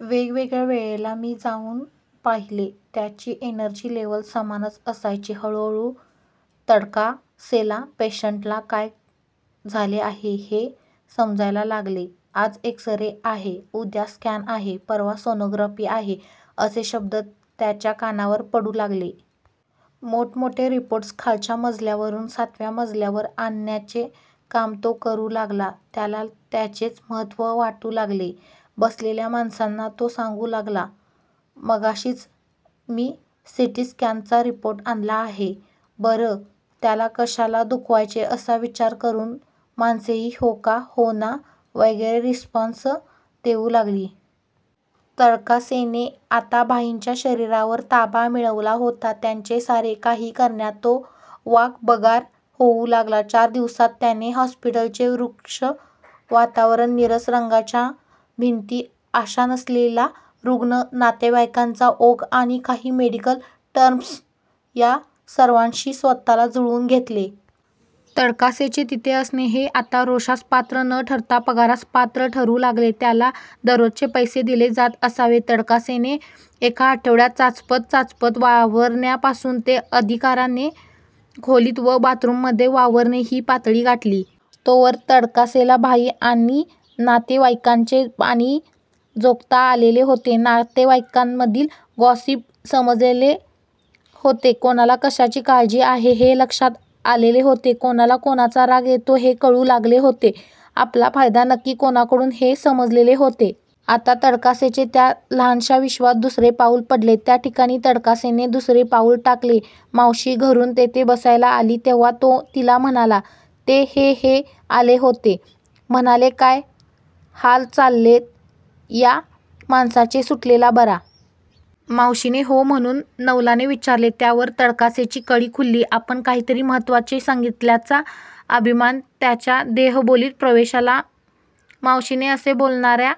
वेगवेगळ्या वेळेला मी जाऊन पाहिले. त्याची एनर्जी लेव्हल समानच असायची. हळूहळू तडकासेला पेशंटला काय झाले आहे हे समजायला लागले. आज एक्स रे आहे, उद्या स्कॅन आहे, परवा सोनोग्राफी आहे असे शब्द त्याच्या कानावर पडू लागले. मोठमोठे रिपोर्ट्स खालच्या मजल्यावरून सातव्या मजल्यावर आणण्याचे काम तो करू लागला. त्याला त्याचेच महत्त्व वाटू लागले. बसलेल्या माणसांना तो सांगू लागला, मगाशीच मी सिटीस्कॅनचा रिपोर्ट आणला आहे. बरं त्याला कशाला दुखवायचे असा विचार करून माणसेही, होका, होना, वगैरे रिस्पॉन्स देऊ लागली. तडकासेने आता भाईंच्या शरीराचा ताबा मिळवला होता. त्यांचे सारे काही करण्यात तो वाकबगार होऊ लागला. चार दिवसांत त्याने हॉस्पिटलचे रुक्ष वातावरण, नीरस रंगाच्या भिंती, आशा नसलेला रुग्ण, नातेवाईकांचा ओघ आणि काही मेडिकल टर्म्स या सर्वांशी स्वतःला जुळवून घेतले. तडकासेचे तिथे असणे हे आता रोषास पात्र न ठरता पगारास पात्र ठरू लागले. त्याला दररोजचे पैसे दिले जात असावेत. तडकासेने एका आठवड्यात चाचपत चाचपत वावरण्यापासून ते अधिकाराने खोलीत व बाथरूममध्ये वावरणे ही पातळी गाठली. तोवर तडकासेला भाई आणि नातेवाईकांचे पाणी जोखता आलेले होते. नातेवाईकांमधील गॉसिप समजलेले होते. कोणाला कशाची काळजी आहे हे लक्षात आलेले होते. कोणाला कोणाचा राग येतो हे कळू लागले होते. आपला फायदा नक्की कोणाकडून हे समजलेले होते. आता तडकासेचे त्या लहानशा विश्वात दुसरे पाऊल पडले. त्या दिवशी तडकासेने दुसरे पाऊल टाकले. मावशी घरून तेथे बसायला आली तेव्हा तो तिला म्हणाला, ते हे हे आले होते, म्हणाले काय हाल चाललेत या माणसाचे, सुटलेला बरा. मावशीने हो? म्हणून नवलाने विचारले. त्यावर तडकासेची कळी खुलली. आपण काहीतरी महत्त्वाचे सांगितल्याचा अभिमान त्याच्या देहबोलीत प्रवेशला. मावशीने असे बोलणाऱ्या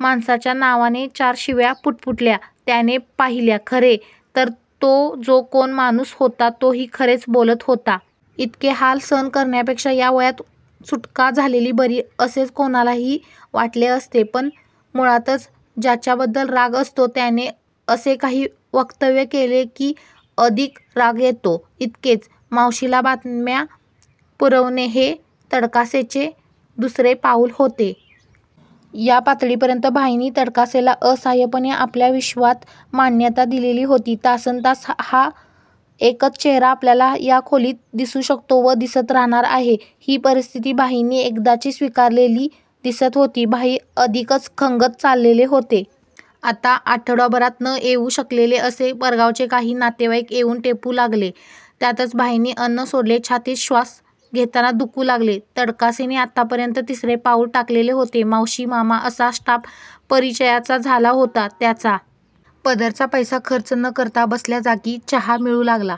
माणसाच्या नावाने चार शिव्या पुटपुटलेल्या त्याने पाहिल्या. खरे तर तो जो कोण माणूस होता तोही खरेच बोलत होता. इतके हाल सहन करण्यापेक्षा या वयात सुटका झालेली बरी असेच कोणालाही वाटले असते. पण मुळातच ज्याच्याबद्दल राग असतो त्याने असे काही वक्तव्य केले की अधिक राग येतो इतकेच. मावशीला बातम्या पुरवणे हे तडकासेचे दुसरे पाऊल होते. या पातळीपर्यंत भाईंनी तडकासेला असहाय्यपणे आपल्या विश्वात मान्यता दिलेली होती. तासनतास हा एकच चेहरा आपल्याला या खोलीत दिसू शकतो व दिसत राहणार आहे ही परिस्थिती भाईंनी एकदाची स्वीकारलेली दिसत होती. भाई अधिकच खंगत चाललेले होते. आता आठवड्याभरात न येऊ शकलेले असे परगावचे काही नातेवाईक येऊन ठेपू लागले. त्यातच भाईंनी अन्न सोडले. छातीत श्वास घेताना दुखू लागले. तडकासेने आत्तापर्यंत तिसरे पाऊल टाकलेले होते. मावशी, मामा असा स्टाफ परिचयाचा झाला होता त्याचा. पदरचा पैसा खर्च न करता बसल्या जागी चहा मिळू लागला